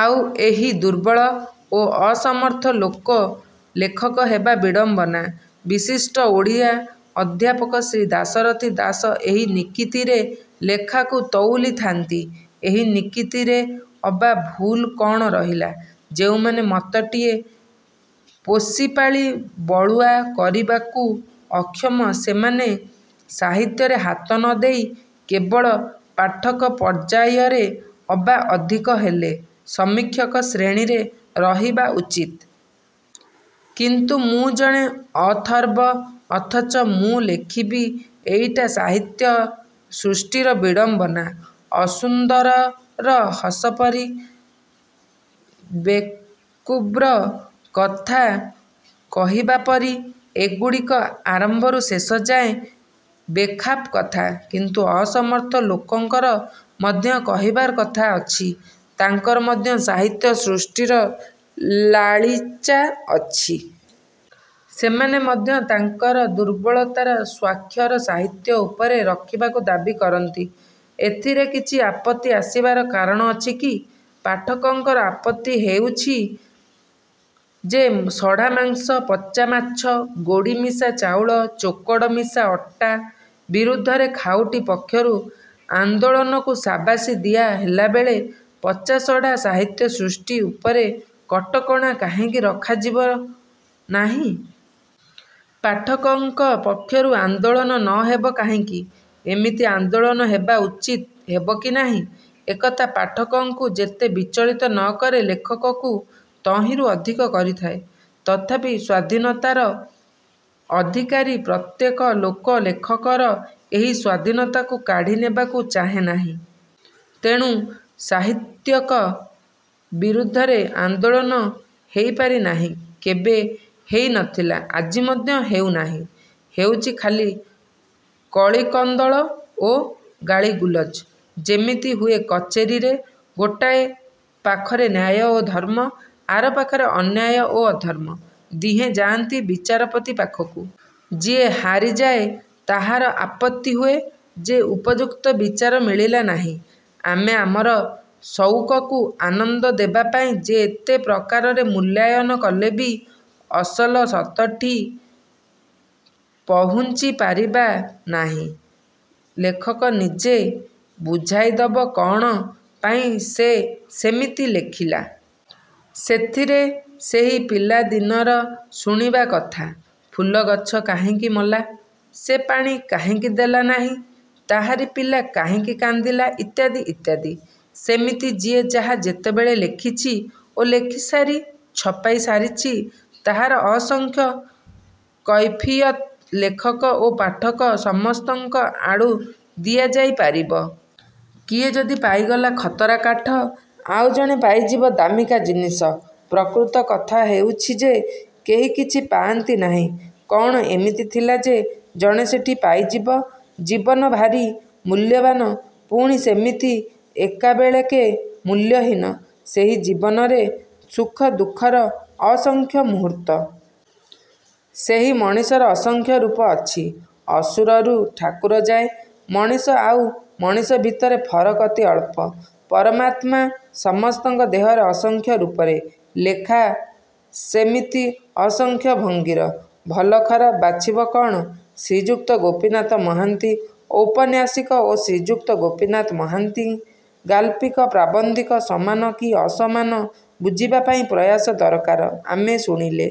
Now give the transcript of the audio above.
ଆଉ ଏହି ଦୁର୍ବଳ ଓ ଅସମର୍ଥ ଲୋକ ଲେଖକ ହେବା ବିଡ଼ମ୍ୱନା। ବିଶିଷ୍ଟ ଓଡ଼ିଆ ଅଧ୍ୟାପକ ଶ୍ରୀ ଦାଶରଥି ଦାସ ଏହି ନିକିତିରେ ଲେଖାକୁ ତଉଲିଥାନ୍ତି। ଏହି ନିକିତିରେ ଅବା ଭୁଲ କ'ଣ ରହିଲା? ଯେଉଁମାନେ ମତଟିଏ ପୋଷିପାଳି ବଳୁଆ କରିବାକୁ ଅକ୍ଷମ ସେମାନେ ସାହିତ୍ୟରେ ହାତ ନ ଦେଇ କେବଳ ପାଠକ ପର୍ଯ୍ୟାୟରେ ଅବା ଅଧିକ ହେଲେ, ସମୀକ୍ଷକ ଶ୍ରେଣୀରେ ରହିବା ଉଚିତ୍। କିନ୍ତୁ ମୁଁ ଜଣେ ଅଥର୍ବ ଅଥଚ ମୁଁ ଲେଖିବି-ଏଇଟା ସାହିତ୍ୟ ସୃଷ୍ଟିର ବିଡ଼ମ୍ୱନା। ଅସୁନ୍ଦରର ହସ ପରି। ବେକୁବ୍ର କଥା କହିବା ପରି-ଏଗୁଡ଼ିକ ଆରମ୍ଭରୁ ଶେଷଯାଏ ବେଖାପ କଥା। କିନ୍ତୁ ଅସମର୍ଥ ଲୋକଙ୍କର ମଧ୍ୟ କହିବାର କଥା ଅଛି। ତାଙ୍କର ମଧ୍ୟ ସାହିତ୍ୟ ସୃଷ୍ଟିର ଲାଳିଚା ଅଛି। ସେମାନେ ମଧ୍ୟ ତାଙ୍କର ଦୁର୍ବଳତାର ସ୍ୱାକ୍ଷର ସାହିତ୍ୟ ଉପରେ ରଖିବାକୁ ଦାବୀ କରନ୍ତି। ଏଥିରେ କିଛି ଆପତ୍ତି ଆସିବାର କାରଣ ଅଛି କି? ପାଠକଙ୍କର ଆପତ୍ତି ହେଉଛି ଯେ ସଢ଼ା ମାଂସ, ପଚା ମାଛ, ଗୋଡ଼ିମିଶା ଚାଉଳ, ଚୋକଡ଼ ମିଶା ଅଟା ବିରୁଦ୍ଧରେ ଖାଉଟି ପକ୍ଷରୁ ଆନ୍ଦୋଳନକୁ ସାବାସି ଦିଆ ହେଲାବେଳେ ପଚାସଢ଼ା ସାହିତ୍ୟ ସୃଷ୍ଟି ଉପରେ କଟକଣା କାହିଁକି ରଖାଯିବ ନାହିଁ? ପାଠକଙ୍କ ପକ୍ଷରୁ ଆନ୍ଦୋଳନ ନ ହେବ କାହିଁକି? ଏମିତି ଆନ୍ଦୋଳନ ହେବା ଉଚିତ୍ ହେବ କି ନାହିଁ-ଏକଥା ପାଠକକୁ ଯେତେ ବିଚଳିତ ନ କରେ ଲେଖକକୁ ତହିଁରୁ ଅଧିକ କରିଥାଏ। ତଥାପି ସ୍ୱାଧୀନତାର ଅଧିକାରି ପ୍ରତ୍ୟେକ ଲୋକ ଲେଖକର ଏହି ସ୍ୱାଧୀନତାକୁ କାଢ଼ି ନେବାକୁ ଚାହେଁ ନାହିଁ। ତେଣୁ ସାହିତ୍ୟିକ ବିରୁଦ୍ଧରେ। ଆନ୍ଦୋଳନ ହେଇପାରି ନାହିଁ। କେବେ ହେଇ ନ ଥିଲା-ଆଜି ମଧ୍ୟ ହେଉ ନାହିଁ। ହେଉଛି ଖାଲି କଳିକନ୍ଦଳ ଓ ଗାଳିଗୁଲଜ-ଯେମିତି ହୁଏ କଚେରୀରେ। ଗୋଟାଏ ପାଖରେ ନ୍ୟାୟ ଓ ଧର୍ମ। ଆର ପାଖରେ ଅନ୍ୟାୟ ଓ ଅଧର୍ମ। ଦିହେଁ ଯାଆନ୍ତି ବିଚାରପତି ପାଖକୁ-। ଯିଏ ହାରିଯାଏ ତାହାର ଆପତ୍ତି ହୁଏ ଯେ ଉପଯୁକ୍ତ ବିଚାର ମିଳିଲା ନାହିଁ। ଆମେ ଆମର ସଉକକୁ ଆନନ୍ଦ ଦେବା ପାଇଁ ଯେତେ ପ୍ରକାରରେ ମୂଲ୍ୟାୟନ କଲେ ବି ଅସଲ ସତଠି ପହୁଞ୍ଚି ପାରିବା ନାହିଁ। ଲେଖକ ନିଜେ ବୁଝାଇଦବ କ'ଣ ପାଇଁ ସେ ସେମିତି ଲେଖିଲା। ସେଥିରେ ସେହି ପିଲା ଦିନର ଶୁଣିବା କଥା- ଫୁଲ ଗଛ କାହିଁକି ମଲା? ସେ ପାଣି କାହିଁକି ଦେଲା ନାହିଁ? ତାହାରି ପିଲା କାହିଁକି କାନ୍ଦିଲା ଇତ୍ୟାଦି ଇତ୍ୟାଦି। ସେମିତି ଯିଏ ଯାହା ଯେତେବେଳେ ଲେଖିଛି ଓ ଲେଖିସାରି ଛପାଇ ସାରିଛି ତାହାର ଅସଂଖ୍ୟ କୈଫିୟତ ଲେଖକ ଓ ପାଠକ ସମସ୍ତଙ୍କ ଆଡ଼ୁ ଦିଆଯାଇ ପାରିବ। କିଏ ଯଦି ପାଇଗଲା ଖତରା କାଠ ଆଉ ଜଣେ ପାଇଯିବ ଦାମିକା ଜିନିସ। ପ୍ରକୃତ କଥା ହେଉଛି ଯେ କେହି କିଛି ପାଆନ୍ତି ନାହିଁ। କ'ଣ ଏମିତି ଥିଲା ଯେ ଜଣେ ସେଠି ପାଇଯିବ। ଜୀବନ ଭାରି ମୂଲ୍ୟବାନ୍-ପୁଣି ସେମିତି ଏକାବେଳେକେ ମୂଲ୍ୟହୀନ। ସେହି ଜୀବନରେ ସୁଖ ଦୁଃଖର ଅସଂଖ୍ୟ ମୂହୂର୍ତ୍ତ। ସେହି ମଣିଷର ଅସଂଖ୍ୟ ରୂପ ଅଛି-ଅସୁରରୁ ଠାକୁର ଯାଏ। ମଣିଷ ଆଉ ମଣିଷ ଭିତରେ ଫରକ୍ ଅତି ଅଳ୍ପ। ପରମାତ୍ମା ସମସ୍ତଙ୍କ ଦେହରେ ଅସଂଖ୍ୟ ରୂପରେ। ଲେଖା ସେମିତି ଅସଂଖ୍ୟ ଭଙ୍ଗୀର। ଭଲ ଖରାପ ବାଛିବ କ'ଣ? ଶ୍ରୀଯୁକ୍ତ ଗୋପୀନାଥ ମହାନ୍ତି ଔପନ୍ୟାସିକ ଓ ଶ୍ରୀଯୁକ୍ତ ଗୋପୀନାଥ ମହାନ୍ତି ଗାଳ୍ପିକ, ପ୍ରାବନ୍ଧିକ ସମାନ କି ଅସମାନ ବୁଝିବା ପାଇଁ ପ୍ରୟାସ ଦରକାର। ଆମେ ଶୁଣିଲେ